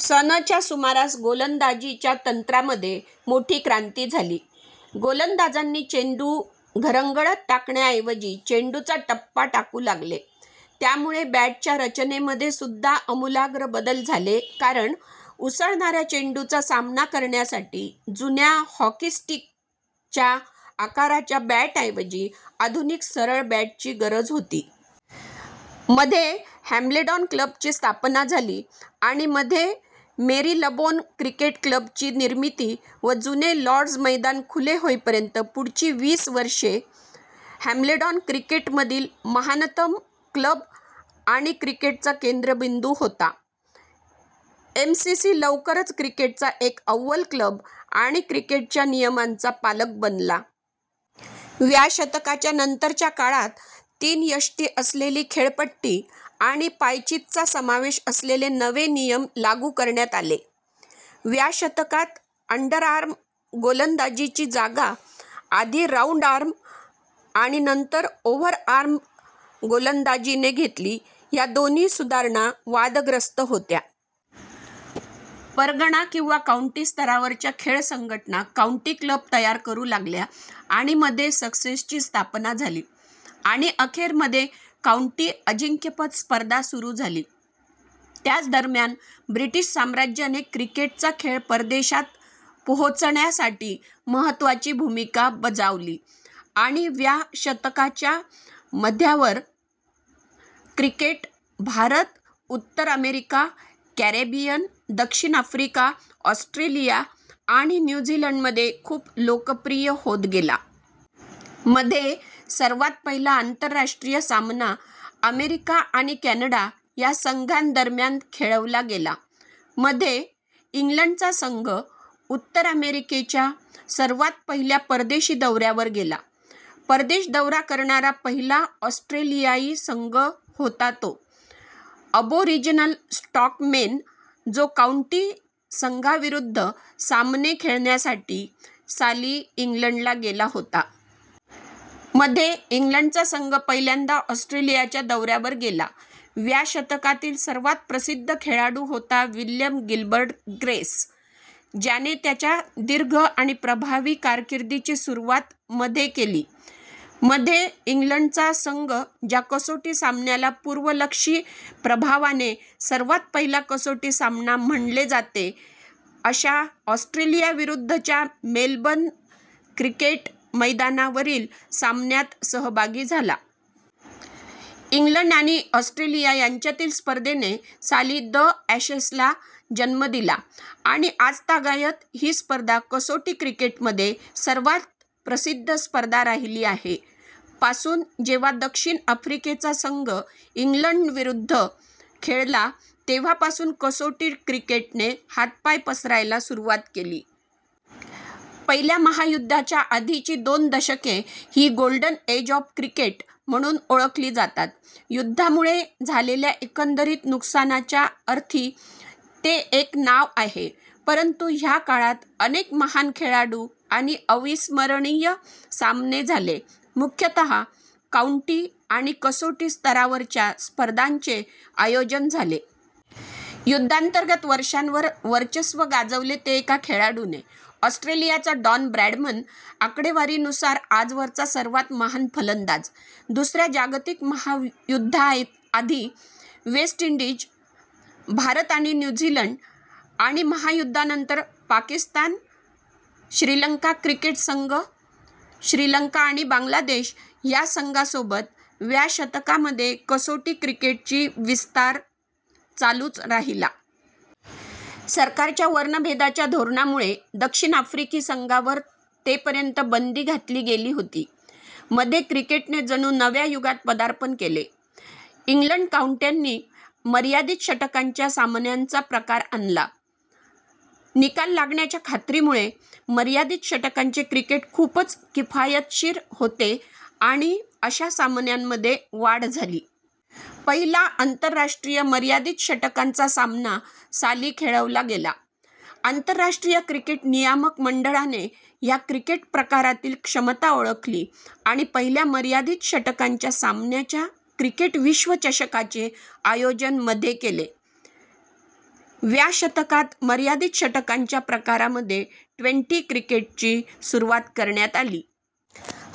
सन च्या सुमारास गोलंदाजीच्या तंत्रामध्ये मोठी क्रांती झाली. गोलंदाजांनी चेंडू घरंगळत टाकण्याऐवजी चेंडूचा टप्पा टाकू लागले. त्यामुळे बॅटच्या रचनेमध्ये सुद्धा अमुलाग्र बदल झाले कारण, उसळणाऱ्या चेंडूचा सामना करण्यासाठी जुन्या "हॉकी स्टिक"च्या आकाराच्या बॅटऐवजी आधुनिक सरळ बॅटची गरज होती. मध्ये हॅम्ब्लेडॉन क्लबची स्थापना झाली आणि मध्ये मेरीलबोन क्रिकेट क्लब ची निर्मिती व जुने लाॅर्ड्ज मैदान खुले होईपर्यंत पुढची वीस वर्षे, हॅम्ब्लेडॉन क्रिकेटमधील महानतम क्लब आणि क्रिकेटचा केंद्रबिंदू होता. एमसीसी लवकरच क्रिकेटचा एक अव्वल क्लब आणि क्रिकेटच्या नियमांचा पालक बनला. व्या शतकाच्या नंतरच्या काळात तीन यष्टी असलेली खेळपट्टी आणि पायचीतचा समावेश असलेले नवे नियम लागू करण्यात आले. व्या शतकात अंडरआर्म गोलंदाजीची जागा आधी राउंडआर्म आणि नंतर ओव्हरआर्म गोलंदाजीने घेतली. ह्या दोन्ही सुधारणा वादग्रस्त होत्या. परगणा किंवा काऊंटी स्तरावरच्या खेळ संघटना काऊंटी क्लब तयार करू लागल्या आणि मध्ये ससेक्सची स्थापना झाली, आणि अखेर मध्ये काउंटी अजिंक्यपद स्पर्धा सुरू झाली. त्याचदरम्यान ब्रिटिश साम्राज्याने क्रिकेटचा खेळ परदेशात पोहोचण्यासाठी महत्त्वाची भूमिका बजावली आणि व्या शतकाच्या मध्यावर क्रिकेट भारत, उत्तर अमेरिका, कॅरेबियन, दक्षिण आफ्रिका, ऑस्ट्रेलिया आणि न्यू झीलंडमध्ये खूप लोकप्रिय होत गेला. मध्ये, सर्वात पहिला आंतरराष्ट्रीय सामना अमेरिका आणि कॅनडा ह्या संघांदरम्यान खेळवला गेला. मध्ये, इंग्लंडचा संघ, उत्तर अमेरिकेच्या, सर्वात पहिल्या परदेशी दौऱ्यावर गेला. परदेश दौरा करणारा पहिला ऑस्ट्रेलियाई संघ होता तो अबोरिजिनल स्टॉकमेन, जो काऊंटी संघांविरुद्ध सामने खेळण्यासाठी साली इंग्लंडला गेला होता.. मध्ये, इंग्लडचा संघ पहिल्यांदा ऑस्ट्रेलियाच्या दौऱ्यावर गेला. व्या शतकातील सर्वात प्रसिद्ध खेळाडू होता विल्यम गिल्बर्ट ग्रेस, ज्याने त्याच्या दीर्घ आणि प्रभावी कारकिर्दीची सुरुवात मध्ये केली. - मध्ये, इंग्लंडचा संघ ज्या कसोटी सामन्याला पूर्वलक्षी प्रभावाने सर्वात पहिला कसोटी सामना म्हणले जाते अशा ऑस्ट्रेलियाविरुद्धच्या मेलबर्न क्रिकेट मैदानावरील सामन्यात सहभागी झाला. इंग्लंड आणि ऑस्ट्रेलिया यांच्यातील स्पर्धेने साली द ॲशेसला जन्म दिला आणि आजतागायत ही स्पर्धा कसोटी क्रिकेटमध्ये सर्वात प्रसिद्ध स्पर्धा राहिली आहे. - पासून जेव्हा दक्षिण आफ्रिकेचा संघ इंग्लंडविरुद्ध खेळला तेव्हा पासून कसोटी क्रिकेटने हातपाय पसरायला सुरुवात केली. पहिल्या महायुद्धाच्या आधीची दोन दशके ही " गोल्डन एज ऑफ क्रिकेट " म्हणून ओळखली जातात. युद्धामुळे झालेल्या एकंदरीत नुकसानाच्या अर्थी ते एक नाव आहे, परंतु ह्या काळात अनेक महान खेळाडू आणि अविस्मरणीय सामने झाले, मुख्यतः काऊंटी आणि कसोटी स्तरावरच्या स्पर्धांचे आयोजन झाले. युद्धांतर्गत वर्षांवर वर्चस्व गाजवले ते एका खेळाडूने: ऑस्ट्रेलियाचा डॉन ब्रॅडमन, आकडेवारीनुसार आजवरचा सर्वात महान फलंदाज. दुसऱ्या जगातिक महायुद्धाआधी वेस्ट इंडीज, भारत आणि न्यू झीलंड आणि महायुद्धानंतर पाकिस्तान, श्रीलंका क्रिकेट संघ श्रीलंका आणि बांगलादेश ह्या संघासोबत व्या शतकामध्ये कसोटी क्रिकेटची विस्तार चालूच राहिला. सरकारच्या वर्णभेदाच्या धोरणामुळे दक्षिण आफ्रिकी संघावर ते पर्यंत बंदी घातली गेली होती. मध्ये क्रिकेटने जणू नव्या युगात पदार्पण केले. इंग्लंड काऊंट्यांनी मर्यादित षटकांच्या सामन्यांचा प्रकार आणला. निकाल लागण्याच्या खात्रीमुळे, मर्यादित षटकांचे क्रिकेट खूपच किफायतशीर होते आणि अशा सामन्यांमध्ये वाढ झाली. पहिला आंतरराष्ट्रीय मर्यादित षटकांचा सामना साली खेळवला गेला. आंतरराष्ट्रीय क्रिकेट नियामक मंडळाने ह्या क्रिकेट प्रकारातील क्षमता ओळखली आणि पहिल्या मर्यादित षटकांच्या सामन्याच्या क्रिकेट विश्वचषकाचे आयोजन मध्ये केले. व्या शतकात मर्यादित षटकांच्या प्रकारामध्ये ट्वेंटी क्रिकेटची सुरुवात करण्यात आली.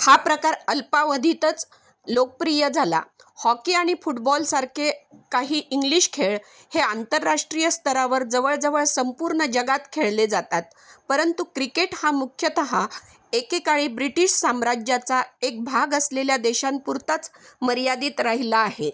हा प्रकार अल्पावधीतच लोकप्रिय झाला. हॉकी आणि फुटबॉलसारखे काही इंग्लिश खेळ हे आंतरराष्ट्रीय स्तरावर जवळजवळ संपूर्ण जगात खेळले जातात, परंतुक्रिकेट हा मुख्यत: एके काळी ब्रिटिश साम्राज्याचा एक भाग असलेल्या देशांपुरताच मर्यादित राहिला आहे.